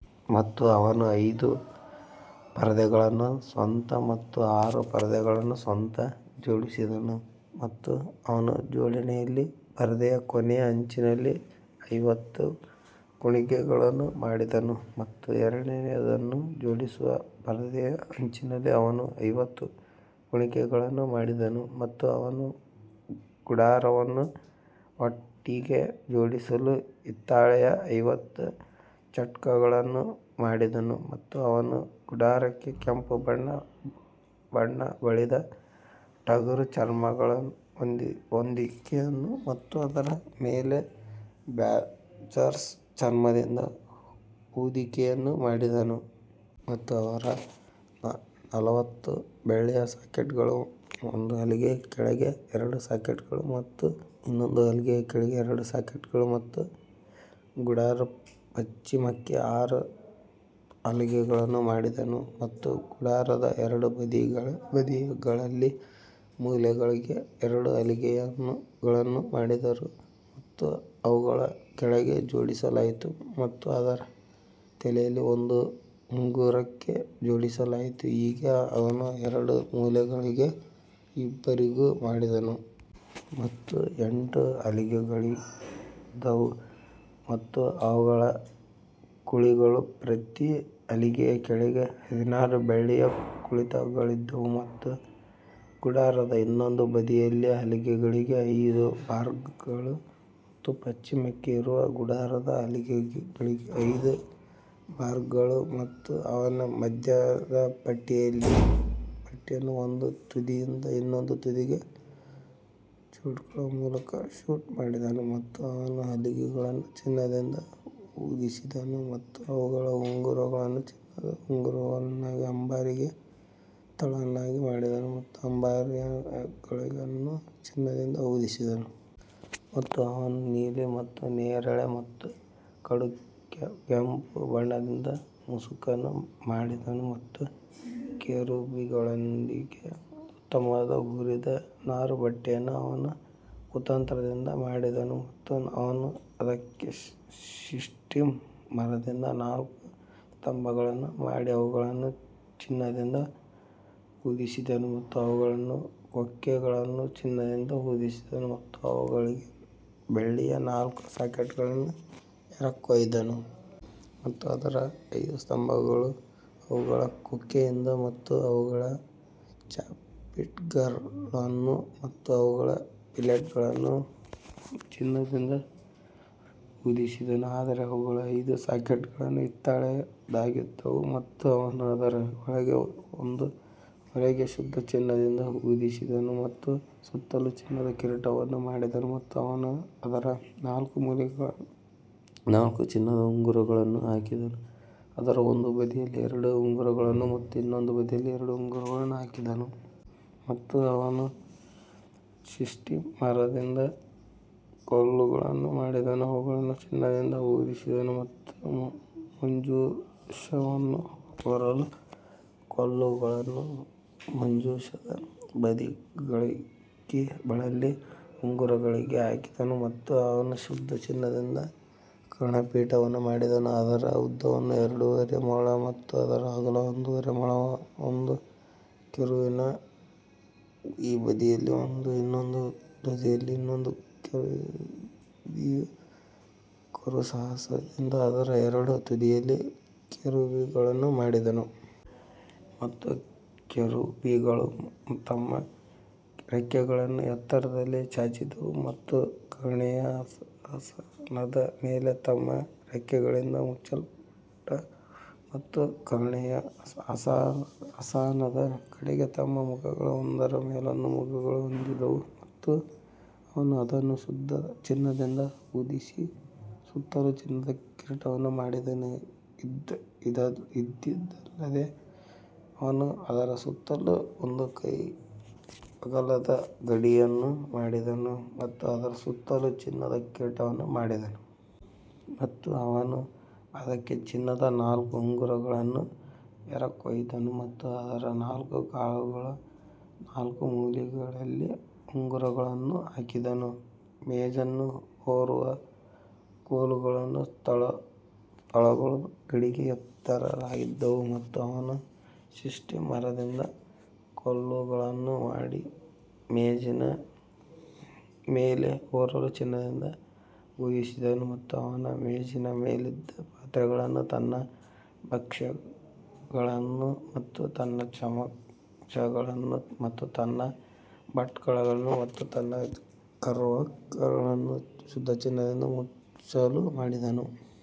ಮತ್ತು ಅವನು ಐದು ಪರದೆಗಳನ್ನು ಸ್ವತಃ ಮತ್ತು ಆರು ಪರದೆಗಳನ್ನು ಸ್ವತಃ ಜೋಡಿಸಿದನು ಮತ್ತು ಅವನು ಜೋಡಣೆಯಲ್ಲಿ ಪರದೆಯ ಕೊನೆಯ ಅಂಚಿನಲ್ಲಿ ಐವತ್ತು ಕುಣಿಕೆಗಳನ್ನು ಮಾಡಿದನು ಮತ್ತು ಎರಡನೆಯದನ್ನು ಜೋಡಿಸುವ ಪರದೆಯ ಅಂಚಿನಲ್ಲಿ ಅವನು ಐವತ್ತು ಕುಣಿಕೆಗಳನ್ನು ಮಾಡಿದನು. ಮತ್ತು ಅವನು ಗುಡಾರವನ್ನು ಒಟ್ಟಿಗೆ ಜೋಡಿಸಲು ಹಿತ್ತಾಳೆಯ ಐವತ್ತು ಟಚ್ಗಳನ್ನು ಮಾಡಿದನು ಮತ್ತು ಅವನು ಗುಡಾರಕ್ಕೆ ಕೆಂಪು ಬಣ್ಣ ಬಳಿದ ಟಗರು ಚರ್ಮಗಳ ಹೊದಿಕೆಯನ್ನು ಮತ್ತು ಅದರ ಮೇಲೆ ಬ್ಯಾಜರ್ಸ್ ಚರ್ಮದಿಂದ ಹೊದಿಕೆಯನ್ನು ಮಾಡಿದನು. ಮತ್ತು ಅವರ ನಲವತ್ತು ಬೆಳ್ಳಿಯ ಸಾಕೆಟ್ಗಳು ಒಂದು ಹಲಗೆಯ ಕೆಳಗೆ ಎರಡು ಸಾಕೆಟ್ಗಳು ಮತ್ತು ಇನ್ನೊಂದು ಹಲಗೆಯ ಕೆಳಗೆ ಎರಡು ಸಾಕೆಟ್ಗಳು ಮತ್ತು ಗುಡಾರದ ಪಶ್ಚಿಮಕ್ಕೆ ಆರು ಹಲಗೆಗಳನ್ನು ಮಾಡಿದನು ಮತ್ತು ಗುಡಾರದ ಎರಡು ಬದಿಗಳಲ್ಲಿ ಮೂಲೆಗಳಿಗೆ ಎರಡು ಹಲಗೆಗಳನ್ನು ಮಾಡಿದರು ಮತ್ತು ಅವುಗಳನ್ನು ಕೆಳಗೆ ಜೋಡಿಸಲಾಯಿತು ಮತ್ತು ಅದರ ತಲೆಯಲ್ಲಿ ಒಂದು ಉಂಗುರಕ್ಕೆ ಜೋಡಿಸಲಾಯಿತು, ಹೀಗೆ ಅವನು ಎರಡೂ ಮೂಲೆಗಳಲ್ಲಿ ಇಬ್ಬರಿಗೂ ಮಾಡಿದನು. ಮತ್ತು ಎಂಟು ಹಲಗೆಗಳಿದ್ದವು ಮತ್ತು ಅವುಗಳ ಕುಳಿಗಳು ಪ್ರತಿ ಹಲಗೆಯ ಕೆಳಗೆ ಹದಿನಾರು ಬೆಳ್ಳಿಯ ಕುಳಿಗಳಿದ್ದವು ಮತ್ತು ಗುಡಾರದ ಇನ್ನೊಂದು ಬದಿಯ ಹಲಗೆಗಳಿಗೆ ಐದು ಬಾರ್ಗಳು ಮತ್ತು ಪಶ್ಚಿಮಕ್ಕೆ ಇರುವ ಗುಡಾರದ ಹಲಗೆಗಳಿಗೆ ಐದು ಬಾರ್ಗಳು. ಮತ್ತು ಅವನು ಮಧ್ಯದ ಪಟ್ಟಿಯನ್ನು ಒಂದು ತುದಿಯಿಂದ ಇನ್ನೊಂದು ತುದಿಗೆ ಬೋರ್ಡ್ಗಳ ಮೂಲಕ ಶೂಟ್ ಮಾಡಿದನು ಮತ್ತು ಅವನು ಹಲಗೆಗಳನ್ನು ಚಿನ್ನದಿಂದ ಹೊದಿಸಿದನು ಮತ್ತು ಅವುಗಳ ಉಂಗುರಗಳನ್ನು ಚಿನ್ನದ ಉಂಗುರಗಳನ್ನು ಅಂಬಾರಿಗಳಿಗೆ ಸ್ಥಳಗಳಾಗಿ ಮಾಡಿದನು ಮತ್ತು ಅಂಬಾರಿಗಳನ್ನು ಚಿನ್ನದಿಂದ ಹೊದಿಸಿದನು. ಮತ್ತು ಅವನು ನೀಲಿ ಮತ್ತು ನೇರಳೆ ಮತ್ತು ಕಡುಗೆಂಪು ಬಣ್ಣದಿಂದ ಮುಸುಕನ್ನು ಮಾಡಿದನು ಮತ್ತು ಕೆರೂಬಿಗಳೊಂದಿಗೆ ಉತ್ತಮವಾದ ಹುರಿದ ನಾರುಬಟ್ಟೆಯನ್ನು ಅವನು ಕುತಂತ್ರದಿಂದ ಮಾಡಿದನು. ಮತ್ತು ಅವನು ಅದಕ್ಕೆ ಶಿಟ್ಟಿಮ್ ಮರದಿಂದ ನಾಲ್ಕು ಸ್ತಂಭಗಳನ್ನು ಮಾಡಿ ಅವುಗಳನ್ನು ಚಿನ್ನದಿಂದ ಹೊದಿಸಿದನು ಮತ್ತು ಅವುಗಳ ಕೊಕ್ಕೆಗಳನ್ನು ಚಿನ್ನದಿಂದ ಹೊದಿಸಿದನು ಮತ್ತು ಅವುಗಳಿಗೆ ಬೆಳ್ಳಿಯ ನಾಲ್ಕು ಸಾಕೆಟ್ಗಳನ್ನು ಎರಕಹೊಯ್ದನು. ಮತ್ತು ಅದರ ಐದು ಸ್ತಂಭಗಳನ್ನು ಅವುಗಳ ಕೊಕ್ಕೆಗಳಿಂದ ಮತ್ತು ಅವುಗಳ ಚ್ಯಾಪಿಟರ್ಗಳನ್ನು ಮತ್ತು ಅವುಗಳ ಫಿಲೆಟ್ಗಳನ್ನು ಚಿನ್ನದಿಂದ ಹೊದಿಸಿದನು ಆದರೆ ಅವುಗಳ ಐದು ಸಾಕೆಟ್ಗಳು ಹಿತ್ತಾಳೆಯದ್ದಾಗಿದ್ದವು. ಮತ್ತು ಅವನು ಅದರ ಒಳಗೆ ಮತ್ತು ಹೊರಗೆ ಶುದ್ಧ ಚಿನ್ನದಿಂದ ಹೊದಿಸಿದನು ಮತ್ತು ಸುತ್ತಲೂ ಚಿನ್ನದ ಕಿರೀಟವನ್ನು ಮಾಡಿದನು ಮತ್ತು ಅವನು ಅದರ ನಾಲ್ಕು ಮೂಲೆಗಳಲ್ಲಿ ನಾಲ್ಕು ಚಿನ್ನದ ಉಂಗುರಗಳನ್ನು ಹಾಕಿದನು, ಅದರ ಒಂದು ಬದಿಯಲ್ಲಿ ಎರಡು ಉಂಗುರಗಳನ್ನು ಮತ್ತು ಇನ್ನೊಂದು ಬದಿಯಲ್ಲಿ ಎರಡು ಉಂಗುರಗಳನ್ನು ಹಾಕಿದನು. ಮತ್ತು ಅವನು ಶಿತ್ತಿಮ್ ಮರದಿಂದ ಕೋಲುಗಳನ್ನು ಮಾಡಿ ಅವುಗಳನ್ನು ಚಿನ್ನದಿಂದ ಹೊದಿಸಿದನು ಮತ್ತು ಮಂಜೂಷವನ್ನು ಹೊರಲು ಕೋಲುಗಳನ್ನು ಮಂಜೂಷದ ಬದಿಗಳಲ್ಲಿ ಉಂಗುರಗಳಲ್ಲಿ ಹಾಕಿದನು ಮತ್ತು ಅವನು ಶುದ್ಧ ಚಿನ್ನದಿಂದ ಕರುಣಾಪೀಠವನ್ನು ಮಾಡಿದನು, ಅದರ ಉದ್ದವು ಎರಡುವರೆ ಮೊಳ ಮತ್ತು ಅದರ ಅಗಲ ಒಂದೂವರೆ ಮೊಳ. ಒಂದು ಕೆರೂಬಿನ ಈ ಬದಿಯಲ್ಲಿ ಮತ್ತು ಇನ್ನೊಂದು ತುದಿಯಲ್ಲಿ ಇನ್ನೊಂದು ಕೆರೂಬಿಯು ಕರುಣಾಾಸನದಿಂದ ಅದರ ಎರಡು ತುದಿಗಳಲ್ಲಿ ಕೆರೂಬಿಗಳನ್ನು ಮಾಡಿದನು. ಮತ್ತು ಕೆರೂಬಿಗಳು ತಮ್ಮ ರೆಕ್ಕೆಗಳನ್ನು ಎತ್ತರದಲ್ಲಿ ಚಾಚಿದವು ಮತ್ತು ಕರುಣೆಯ ಆಸನದ ಮೇಲೆ ತಮ್ಮ ರೆಕ್ಕೆಗಳಿಂದ ಮುಚ್ಚಲ್ಪಟ್ಟವು ಮತ್ತು ಕರುಣೆಯ ಆಸನದ ಕಡೆಗೆ ತಮ್ಮ ಮುಖಗಳನ್ನು ಒಂದರ ಮೇಲೊಂದು ಮುಖಗಳನ್ನು ಹೊಂದಿದ್ದವು. ಮತ್ತು ಅವನು ಅದನ್ನು ಶುದ್ಧ ಚಿನ್ನದಿಂದ ಹೊದಿಸಿ ಸುತ್ತಲೂ ಚಿನ್ನದ ಕಿರೀಟವನ್ನು ಮಾಡಿದನು ಇದಲ್ಲದೆ ಅವನು ಅದರ ಸುತ್ತಲೂ ಒಂದು ಕೈಅಗಲದ ಗಡಿಯನ್ನು ಮಾಡಿದನು ಮತ್ತು ಅದರ ಸುತ್ತಲೂ ಚಿನ್ನದ ಕಿರೀಟವನ್ನು ಮಾಡಿದನು. ಮತ್ತು ಅವನು ಅದಕ್ಕೆ ಚಿನ್ನದ ನಾಲ್ಕು ಉಂಗುರಗಳನ್ನು ಎರಕಹೊಯ್ದನು ಮತ್ತು ಅದರ ನಾಲ್ಕು ಕಾಲುಗಳ ನಾಲ್ಕು ಮೂಲೆಗಳಲ್ಲಿ ಉಂಗುರಗಳನ್ನು ಹಾಕಿದನು. ಮೇಜನ್ನು ಹೊರುವ ಕೋಲುಗಳ ಸ್ಥಳಗಳು ಗಡಿಗೆ ಎದುರಾಗಿದ್ದವು ಮತ್ತು ಅವನು ಶಿತ್ತಿಮ್ ಮರದಿಂದ ಕೋಲುಗಳನ್ನು ಮಾಡಿ ಮೇಜಿನ ಮೇಲೆ ಹೊರಲು ಚಿನ್ನದಿಂದ ಹೊದಿಸಿದನು ಮತ್ತು ಅವನು ಮೇಜಿನ ಮೇಲಿದ್ದ ಪಾತ್ರೆಗಳನ್ನು ತನ್ನ ಭಕ್ಷ್ಯಗಳನ್ನು ಮತ್ತು ತನ್ನ ಚಮಚಗಳನ್ನು ಮತ್ತು ತನ್ನ ಬಟ್ಟಲುಗಳನ್ನು ಮತ್ತು ತನ್ನ ಕವರ್ಗಳನ್ನು ಶುದ್ಧ ಚಿನ್ನದಿಂದ ಮುಚ್ಚಲು ಮಾಡಿದನು.